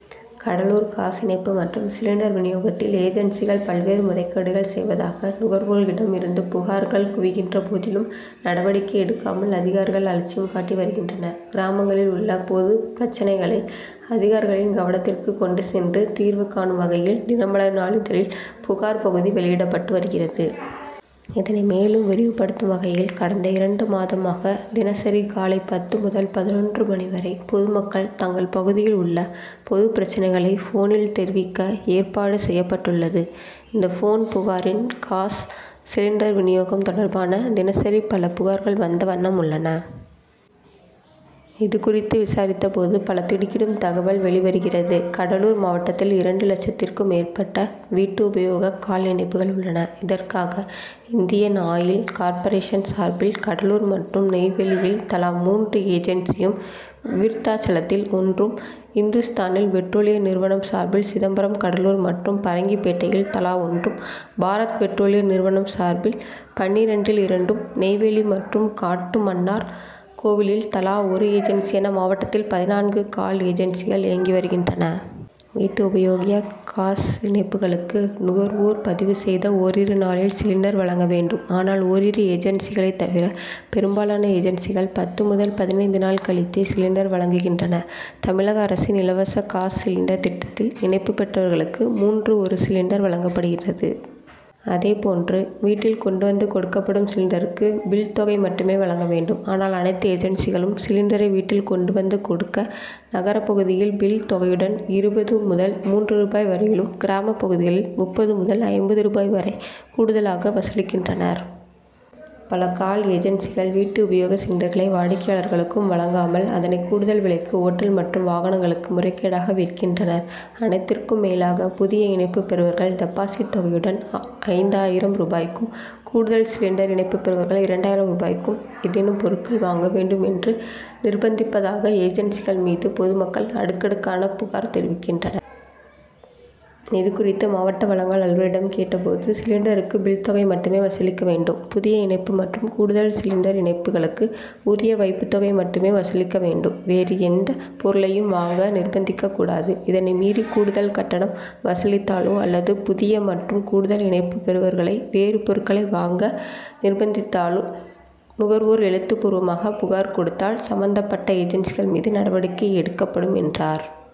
Cuddalore gas இணைப்பு மற்றும் cylinder வினியோகத்தில் ஏஜன்சிகள் பல்வேறு முறைகேடுகள் செய்வதாக நுகர்வோர்களிடம் இருந்து புகார்கள் குவிகின்ற போதிலும், நடவடிக்கை எடுக்காமல் அதிகாரிகள் அலட்சியம் காட்டி வருகின்றனர். கிராமங்களில் உள்ள பொதுப் பிரச்னைகளை அதிகாரிகளின் கவனத்திற்கு கொண்டு சென்று, தீர்வு காணும் வகையில் தினமலர் நாளிதழில் புகார் பகுதி வெளியிடப்பட்டு வருகிறது. இதனை மேலும் விரிவுப்படுத்தும் வகையில் கடந்த இரண்டு மாதமாக தினசரி காலை பத்து முதல் பதினொன்று மணி வரை பொதுமக்கள் தங்கள் பகுதியில் உள்ள பொதுப் பிரச்னைகளை போனில் தெரிவிக்க ஏற்பாடு செய் யப்பட்டுள்ளது. இந்த போன் புகாரில் காஸ் சிலிண்டர் வினியோகம் தொடர்பாக தினசரி பல புகார்கள் வந்த வண்ணம் உள்ளன. இதுகுறித்து விசாரித்தபோது பல திடுக்கிடும் தகவல் வெளி வருகிறது. கடலூர் மாவட்டத்தில் இரண்டு லட்சத்திற்கும் மேற்பட்ட வீட்டு உபயோக காஸ் இணைப்புகள் உள்ளன. இதற்காக இந்தியன் ஆயில் கார்பரேஷன் சார்பில் கடலூர் மற்றும் நெய்வேலியில் தலா மூன்று ஏஜன்சியும், விருத் தாசலத்தில் ஒன்றும், இந் துஸ்தான் பெட்ரோலிய நிறுவனம் சார்பில் சிதம்பரம், கடலூர் மற்றும் பரங்கிப்பேட்டையில் தலா ஒன்றும், பாரத் பெட்ரோலிய நிறுவனம் சார்பில் பண்ருட்டியில் இரண்டும், நெய்வேலி மற்றும் காட்டுமன்னார் கோவிலில் தலா ஒரு ஏஜன்சி என மாவட்டத்தில் பதினான்கு காஸ் ஏஜன்சிகள் இயங்கி வருகின்றன. வீட்டு உபயோக காஸ் இணைப்புகளுக்கு நுகர் வோர் பதிவு செய்த ஓரிரு நாளில் சிலிண்டர் வழங்க வேண்டும். ஆனால் ஓரிரு ஏஜன்சிகளைத் தவிர பெரும்பாலான ஏஜன்சிகள் பத்து முதல் பதினைந்து நாள் கழித்தே சிலிண்டர் வழங்குகின்றன. தமிழக அரசின் இலவச காஸ் சிலிண்டர் திட்டத்தில் இணைப்பு பெற்றவர்களுக்கு மூன்று ஒரு சிலிண்டர் வழங்கப்படுகிறது. அதேப்போன்று வீட்டில் கொண்டு வந்து கொடுக்கப்படும் சிலிண்டருக்கு பில்' தொகை மட்டுமே வழங்க வேண்டும். ஆனால் அனைத்து ஏஜன்சிகளும் சிலிண்டரை வீட்டில் கொண்டு வந்த கொடுக்க நகர பகுதிகளில் பில் தொகையுடன் இருபது முதல் முப்பது ரூபாய் வரையிலும், கிராமப் பகுதிகளில் முப்பது முதல் ஐம்பது ரூபாய் வரை கூடுதலாக வசூலிக்கின்றனர். பல காஸ் ஏஜன்சிகள் வீட்டு உபயோக சிலிண்டர்களை வாடிக்கையாளர்களுக்கு வழங்காமல், அதனை கூடுதல் விலைக்கு ஓட்டல் மற்றும் வாகனங்களுக்கு முறைகேடாக விற்கின்றனர். அனைத்திற்கும் மேலாக புதிய இணைப்பு பெறுபவர்கள் டெபாசிட் தொகையுடன், ஐந்தாயிரம் ரூபாயக்கும், கூடுதல் சிலிண்டர் இணைப்பு பெறுபவர்கள் இரண்டாயிரம் ரூபாய்க்கு ஏதேனும் பொருட்கள் வாங்க வேண்டும் என நிர்பந்திப்பதாக ஏஜன்சிகள் மீது பொதுமக்கள் அடுக்கடுக்காக புகார் தெரிவிக்கின்றனர். இதுகுறித்து மாவட்ட வழங்கல் அலுவலரிடம் கேட்டபோது, சிலிண்டருக்கு பில் தொகை மட்டுமே வசூலிக்க வேண்டும். புதிய இணைப்பு மற்றும் கூடுதல் சிலிணடர் இணைப்பு களுக்கு உரிய வைப்புத்தொகை மட்டுமே வசூலிக்க வேண்டும். வேறு எந்தபொருளையும் வாங்க நிர்பந்திக்கக்கூடாது. இதனை மீறி கூடுதல் கட்டணம் வசூலித்தாலோ அல்லது புதிய மற்றும் கூடுதல் இணைப்பு பெறுபவர்களை வேறு பொருட்களை வாங்க நிர்பந்தித்தால் நுகர்வோர்கள் எழுத்து பூர்வமாக புகார் கொடுத்தால் சம்மந்தப் பட்ட ஏஜன்சிகள் மீது நடவடிக்கை எடுக்கப்படும் என்றார்.